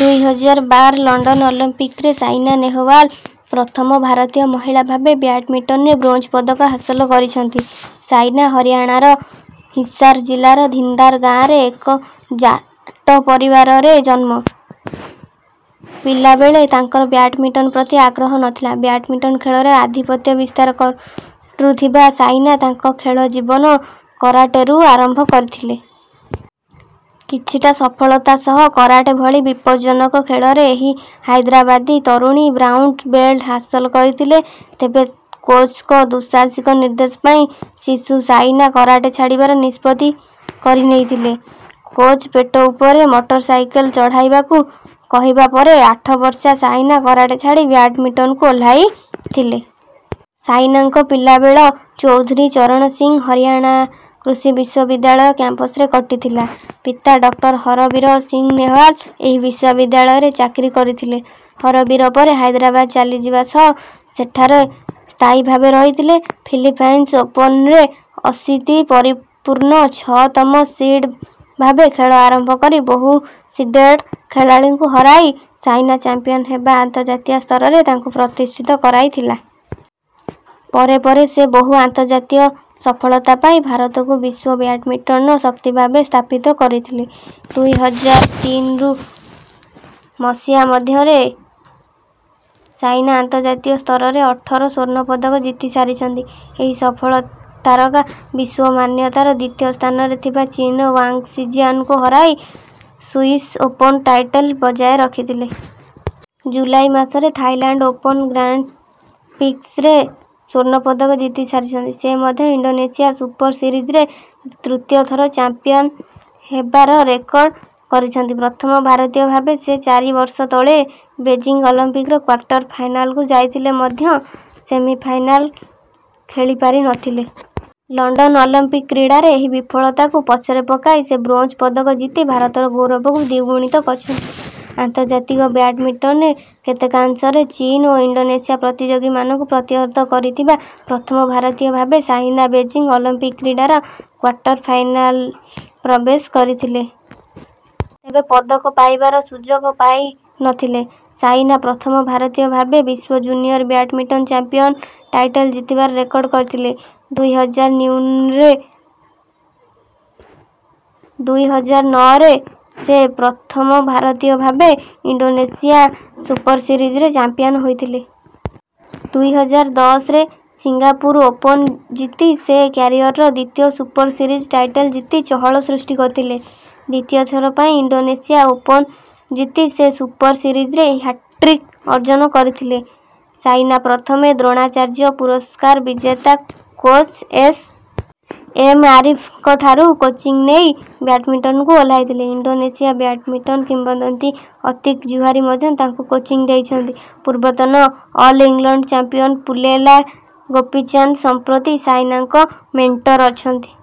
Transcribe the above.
ଦୁଇ ହଜାର ବାର ଲଣ୍ଡନ ଅଲିମ୍ପିକରେ ସାଇନା ନେହୱାଲ ପ୍ରଥମ ଭାରତୀୟ ମହିଳା ଭାବେ ବ୍ୟାଡ଼ମିଟନରେ ବ୍ରୋଞ୍ଜ ପଦକ ହାସଲ କରିଛନ୍ତି। ସାଇନା ହରିଆଣାର ହିସାର ଜିଲ୍ଲାର ଧିନ୍ଦାର ଗାଁରେ ଏକ ଜାଟ ପରିବାରରେ ଜନ୍ମ। ପିଲାବେଳେ ତାଙ୍କର ବ୍ୟାଡ଼ମିଟନ ପ୍ରତି ଆଗ୍ରହ ନଥିଲା। ବ୍ୟାଡ଼ମିଟନ ଖେଳରେ ଆଧିପତ୍ୟ ବିସ୍ତାର କରୁଥିବା ସାଇନା ତାଙ୍କ ଖେଳ ଜୀବନ କରାଟେରୁ ଆରମ୍ଭ କରିଥିଲେ। କିଛିଟା ସଫଳତା ସହ କରାଟେ ଭଳି ବିପଦଜ୍ଜନକ ଖେଳରେ ଏହି ହାଇଦ୍ରାବାଦୀ ତରୁଣୀ ବ୍ରାଉନ ବେଲ୍ଟ ହାସଲ କରିଥିଲେ। ତେବେ କୋଚଙ୍କ ଦୁଃସାହସିକ ନିର୍ଦ୍ଦେଶ ପାଇଁ ଶିଶୁ ସାଇନା କରାଟେ ଛାଡ଼ିବାର ନିଷ୍ପତ୍ତି କରିନେଇଥିଲେ। କୋଚ ପେଟ ଉପରେ ମୋଟରସାଇକଲ ଚଢ଼ାଇବାକୁ କହିବା ପରେ ଆଠ ବର୍ଷୀୟା ସାଇନା କରାଟେ ଛାଡ଼ି ବ୍ୟାଡ଼ମିଟନକୁ ଓହ୍ଲାଇଥିଲେ। ସାଇନାଙ୍କ ପିଲାବେଳ ଚୌଧୁରୀ ଚରଣ ସିଂହ ହରିଆଣା କୃଷି ବିଶ୍ୱବିଦ୍ୟାଳୟ କ୍ୟାମ୍ପସରେ କଟିଥିଲା। ପିତା ଡ. ହରବୀର ସିଂହ ନେହୱାଲ ଏହି ବିଶ୍ୱବିଦ୍ୟାଳୟରେ ଚାକିରି କରିଥିଲେ। ହରବୀର ପରେ ହାଇଦ୍ରାବାଦ ଚାଲିଯିବା ସହ ସେଠାରେ ସ୍ଥାୟୀ ଭାବେ ରହିଥିଲେ। ଫିଲିପାଇନ୍ସ ଓପନରେ ଅଶୀତି ପରିପୂର୍ଣ୍ଣ ଛଅ ତମ ସିଡ୍ ଭାବେ ଖେଳ ଆରମ୍ଭ କରି ବହୁ ସିଡେଡ୍ ଖେଳାଳୀଙ୍କୁ ହରାଇ ସାଇନା ଚାମ୍ପିଆନ ହେବା ଆନ୍ତର୍ଜାତୀୟ ସ୍ତରରେ ତାଙ୍କୁ ପ୍ରତିଷ୍ଠିତ କରାଇଥିଲା। ପରେ ପରେ ସେ ବହୁ ଆନ୍ତର୍ଜାତୀୟ ସଫଳତା ପାଇ ଭାରତକୁ ବିଶ୍ୱ ବ୍ୟାଡ଼ମିଟନର ଶକ୍ତି ଭାବେ ସ୍ଥାପିତ କରିଥିଲେ। ଦୁଇ ହଜାର ତିନିରୁ ମସିହା ମଧ୍ୟରେ ସାଇନା ଆନ୍ତର୍ଜାତୀୟ ସ୍ତରରେ ଅଠର ସ୍ୱର୍ଣ୍ଣ ପଦକ ଜିତି ସାରିଛନ୍ତି। ଏହି ସଫଳ ତାରକା ବିଶ୍ୱ ମାନ୍ୟତାର ଦ୍ୱିତୀୟ ସ୍ଥାନରେ ଥିବା ଚୀନର ୱାଙ୍ଗ ସିଜିଆନଙ୍କୁ ହରାଇ ସୁଇସ ଓପନ ଟାଇଟଲ ବଜାୟ ରଖିଥିଲେ। ଜୁଲାଇ ମାସରେ ଥାଇଲାଣ୍ଡ ଓପନ ଗ୍ରାଣ୍ଡପ୍ରିକ୍ସରେ ସ୍ୱର୍ଣ୍ଣ ପଦକ ଜିତି ସାରିଛନ୍ତି। ସେ ମଧ୍ୟ ଇଣ୍ଡୋନେସିଆ ସୁପର ସିରିଜରେ ତୃତୀୟ ଥର ଚାମ୍ପିଆନ ହେବାର ରେକର୍ଡ କରିଛନ୍ତି। ପ୍ରଥମ ଭାରତୀୟ ଭାବେ ସେ ଚାରି ବର୍ଷ ତଳେ ବେଜିଂ ଅଲିମ୍ପିକର କ୍ୱାର୍ଟର ଫାଇନାଲକୁ ଯାଇଥିଲେ ମଧ୍ୟ ସେମିଫାଇନାଲ ଖେଳି ପାରି ନଥିଲେ। ଲଣ୍ଡନ ଅଲିମ୍ପିକ କ୍ରୀଡ଼ାରେ ଏହି ବିଫଳତାକୁ ପଛରେ ପକାଇ ସେ ବ୍ରୋଞ୍ଜ ପଦକ ଜିତି ଭାରତର ଗୌରବକୁ ଦ୍ୱିଗୁଣିତ କରିଛନ୍ତି। ଆନ୍ତର୍ଜାତୀୟ ବ୍ୟାଡ଼ମିଟନରେ କେତେକାଂଶରେ ଚୀନ ଓ ଇଣ୍ଡୋନେସିଆ ପ୍ରତିଯୋଗୀଙ୍କୁ ପ୍ରତିହତ କରିଥିବା ପ୍ରଥମ ଭାରତୀୟ ଭାବେ ସାଇନା ବେଜିଂ ଅଲିମ୍ପିକ କ୍ରୀଡ଼ାର କ୍ୱାର୍ଟର ଫାଇନାଲ ପ୍ରବେଶ କରିଥିଲେ। ତେବେ ପଦକ ପାଇବାର ସୁଯୋଗ ପାଇ ନ ଥିଲେ। ସାଇନା ପ୍ରଥମ ଭାରତୀୟ ଭାବେ ବିଶ୍ୱ ଜୁନିଅର ବ୍ୟାଡ଼ମିଟନ ଚାମ୍ପିଆନ ଟାଇଟଲ ଜିତିବାର ରେକର୍ଡ କରିଥିଲେ। ଦୁଇ ହଜାର ନ୍ୟୁନରେ ଦୁଇ ହଜାର ନଅରେ ସେ ପ୍ରଥମ ଭାରତୀୟ ଭାବେ ଇଣ୍ଡୋନେସିଆ ସୁପର ସିରିଜରେ ଚାମ୍ପିଆନ ହୋଇଥିଲେ। ଦୁଇ ହଜାର ଦଶରେ ସିଙ୍ଗାପୁର ଓପନ ଜିତି ସେ କ୍ୟାରିଅରର ଦ୍ୱିତୀୟ ସୁପର ସିରିଜ ଟାଇଟଲ ଜିତି ଚହଳ ସୃଷ୍ଟି କରିଥିଲେ। ଦ୍ୱିତୀୟ ଥର ପାଇଁ ଇଣ୍ଡୋନେସିଆ ଓପନ ଜିତି ସେ ସୁପର ସିରିଜରେ ହ୍ୟାଟ୍ରିକ ଅର୍ଜନ କରିଥିଲେ। ସାଇନା ପ୍ରଥମେ ଦ୍ରୋଣାଚାର୍ଯ୍ୟ ପୁରସ୍କାର ବିଜେତା କୋଚ ଏସ. ଏମ. ଆରିଫଙ୍କଠାରୁ କୋଚିଂ ନେଇ ବ୍ୟାଡ଼ମିଟନକୁ ଓହ୍ଲାଇଥିଲେ। ଇଣ୍ଡୋନେସିଆ ବ୍ୟାଡ଼ମିଟନ କିମ୍ବଦନ୍ତୀ ଅତିକ ଜୁହାରି ମଧ୍ୟ ତାଙ୍କୁ କୋଚିଂ ଦେଇଛନ୍ତି। ପୂର୍ବତନ all England champion Pullela Gopichand ସମ୍ପ୍ରତି ସାଇନାଙ୍କ ମେଣ୍ଟର ଅଛନ୍ତି।